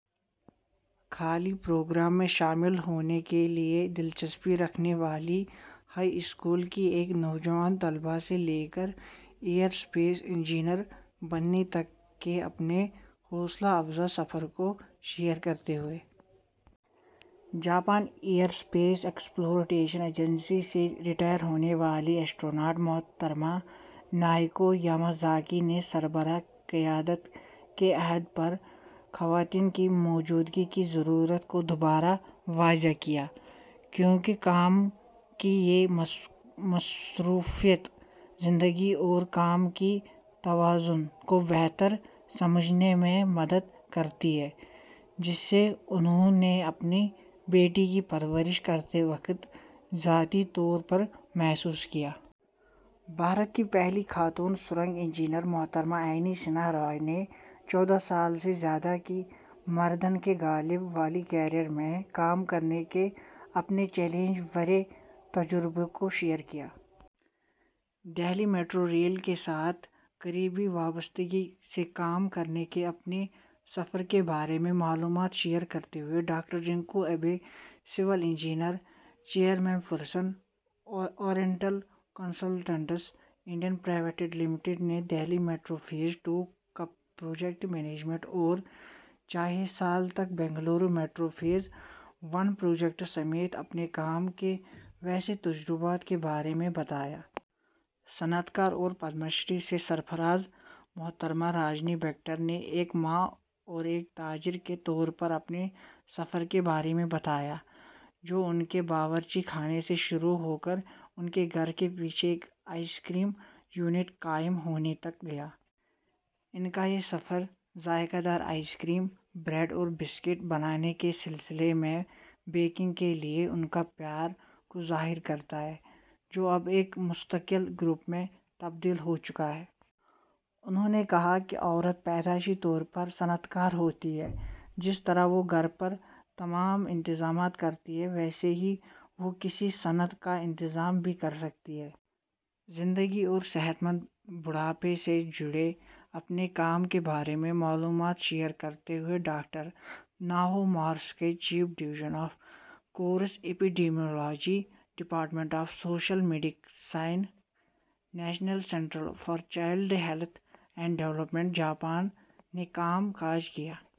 خلائی پروگرام میں شامل ہونے کے تئیں دلچسپی رکھنے والی ہائی اسکول کی ایک نوجوان طالبہ سے لے کر ایرو اسپیس انجینئر بننے تک کے اپنے حوصلہ افزا سفر کو شیئر کرتے ہوئے Japan aerospace exploration agency سے ریٹائر ہونے والی خلا نورد محترمہ ناؤکو یاماجاکی نے سرکردہ قیادت کے عہدوں پر خواتین کی موجودگی کی ضرورت کو دہرایا، کیونکہ کام کاج کی یہ مصروفیت زندگی کے توازن کے بارے میں سمجھ کو بہتر بنانے میں مدد کرتی ہے، جسے انہوں نے اپنی بیٹی کی پرورش کرتے وقت ذاتی طور پر محسوس کیا۔ بھارت کی پہلی خاتون سرنگ انجینئر محترمہ اینی سنہا رائے نے چودہ سال سے زیادہ کے مردوں کے غلبہ والے کیریئر میں کام کرنے کے اپنے چیلنج بھرے تجربے کو شیئر کیا۔ ٹی دہلی میٹرو ریل کے ساتھ قریبی وابستگی سے کام کرنے کے اپنے سفر کے بارے میں معلومات شیئر کرتے ہوئے doctor Riko Abe, civil engineer, chairperson, oriental consultants India private limited نے دہلی میٹرو مرحلہ دو کے پروجیکٹ کے انتظام اور چھ سال تک بنگلور میٹرو مرحلہ ایک پروجیکٹ سمیت اپنے کام کاج کے وسیع تجربات کے بارے میں بتایا۔ صنعت کار اور پدم شری سے سرفراز محترمہ رجنی بیکٹر نے ایک ماں اور ایک تاجر کے طور پر اپنے سفر کے بارے میں بتایا، جو ان کے باورچی خانے سے شروع ہو کر ان کے گھر کے پیچھے ایک آئس کریم یونٹ قائم ہونے تک گیا۔ ان کا یہ سفر ذائقہ دار آئس کریم، بریڈ اور بسکٹ بنانے کے سلسلے میں بیکنگ کے تئیں ان کے پیار کو ظاہر کرتا ہے، جو اب ایک مستقل گروپ میں تبدیل ہو چکا ہے۔ انہوں نے کہا کہ عورت پیدائشی طور پر صنعت کار ہوتی ہے۔ جس طرح وہ گھر پر تمام انتظامات کرتی ہیں، ویسے ہی وہ کسی صنعت کا انتظام بھی کر سکتی ہیں۔ ابتدائی زندگی اور صحت مند بڑھاپے سے جڑے اپنے کام کے بارے میں معلومات شیئر کرتے ہوئے doctor Naho Morisaki, chief, division of life course epidemiology, department of social medicine, national centre for child health and development, Japan نے کام کاج کے...